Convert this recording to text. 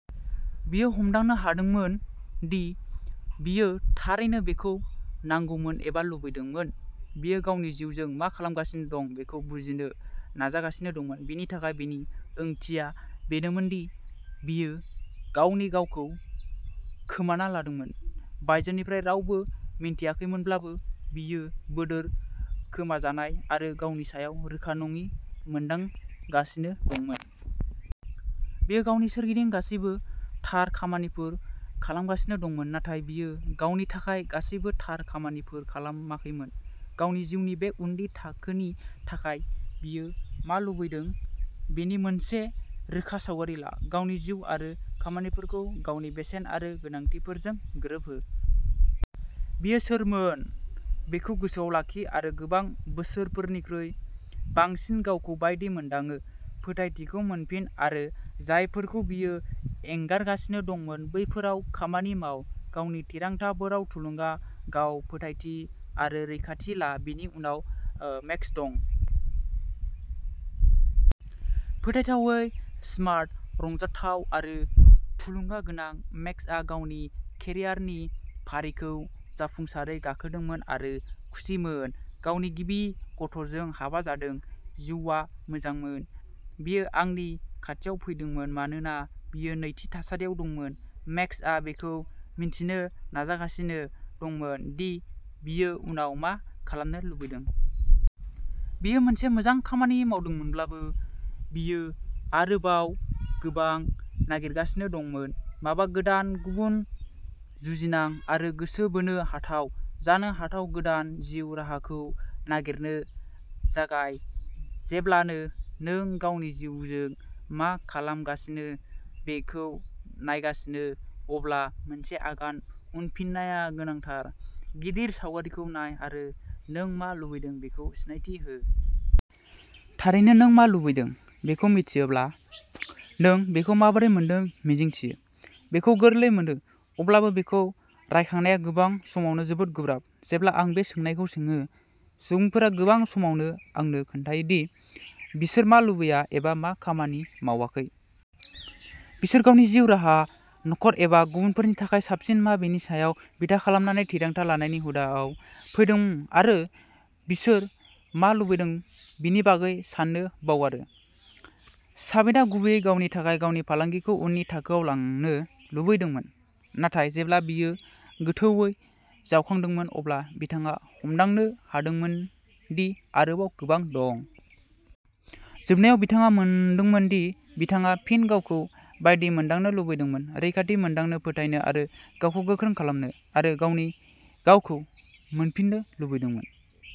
बियो हमदांनो हादोंमोन दि बियो थारैनो बेखौ नांगौमोन एबा लुबैदोंमोन। बियो गावनि जिउजों मा खालामगासिनो दं बेखौ बुजिनो नाजागासिनो दंमोन। बिनि थाखाय, बेनि ओंथिया बेनोमोन दि बियो गावनि गावखौ खोमाना लादोंमोन। बायजोनिफ्राय रावबो मिन्थियाखैमोनब्लाबो, बियो बोदोर, खोमाजानाय आरो गावनि सायाव रोखा नङि मोनदांगासिनो दंमोन। बियो गावनि सोरगिदिं गासैबो "थार" खामानिफोर खालामगासिनो दंमोन, नाथाय बियो गावनि थाखाय गासैबो थार खामानिफोर खालामाखैमोन। गावनि जिउनि बे उननि थाखोनि थाखाय बियो मा लुबैदों बेनि मोनसे रोखा सावगारि ला। गावनि जिउ आरो खामानिफोरखौ गावनि बेसेन आरो गोनांथिफोरजों गोरोबहो। बियो सोरमोन बेखौ गोसोआव लाखि आरो गोबां बोसोरफोरनिख्रुइ बांसिन गावखौ बायदि मोनदाङो। फोथायथिखौ मोनफिन आरो जायफोरखौ बियो एंगारगासिनो दंमोन बैफोराव खामानि माव। गावनि थिरांथाफोराव थुलुंगा, गाव-फोथायथि आरो रैखाथि ला। बेनि उनाव, मेक्स दं। फोथायथावै स्मार्ट, रंजाथाव आरो थुलुंगा गोनां, मेक्सआ गावनि केरियारनि फारिखौ जाफुंसारै गाखोदोंमोन आरो खुसिमोन। गावनि गिबि गथ'जों हाबा जादों। जिउआ मोजांमोन। बियो आंनि खाथियाव फैदोंमोन मानोना बियो नैथि थासारियाव दंमोन; मेक्सआ बेखौ मिन्थिनो नाजागासिनो दंमोन दि बियो उनाव मा खालामनो लुबैदों। बियो मोनसे मोजां खामानि मावदोंमोनब्लाबो, बियो आरोबाव गोबां नागिरगासिनो दंमोन-माबा गोदान, गुबुन, जुजिनां आरो गोसो बोनो हाथाव। जानो हाथाव गोदान जिउ राहाखौ नागिरनो जागाय। जेब्लानो नों गावनि जिउजों मा खालामगासिनो बेखौ नायगासिनो, अब्ला मोनसे आगान उनफिननाया गोनांथार, गिदिर सावगारिखौ नाय आरो नों मा लुबैदों बेखौ सिनायथि हो। थारैनो, नों मा लुबैदों बेखौ मिथियाब्ला, नों बेखौ माबोरै मोन्नो मिजिंथियो? बेखौ गोरलै मोनो, अब्लाबो बेखौ रायखांनाया गोबां समावनो जोबोद गोब्राब। जेब्ला आं बे सोंनायखौ सोङो, सुबुंफोरा गोबां समावनो आंनो खोन्थायो दि बिसोर मा लुबैया एबा मा खामानि मावाखै। बिसोर गावसोरनि जिउ राहा, नखर एबा गुबुनफोरनि थाखाय साबसिन मा बेनि सायाव बिथा खालामनानै थिरांथा लानायनि हुदाआव फैदोंआरो बिसोर मा लुबैदों बेनि बागै साननो बावगारो। साबिना गुबैयै गावनि थाखाय "गावनि फालांगिखौ उननि थाखोआव लांनो" लुबैदोंमोन, नाथाय जेब्ला बियो गोथौवै जावखांदोंमोन, अब्ला बिथाङा हमदांनो हादोंमोन दि आरोबाव गोबां दं। जोबनायाव बिथाङा मोनदोंमोन दि बिथाङा फिन गावखौ बायदि मोनदांनो लुबैदोंमोन; रैखाथि मोनदांनो, फोथायनो आरो गावखौ गोख्रों खालामनो, आरो गावनि गावखौ मोनफिननो लुबैदोंमोन।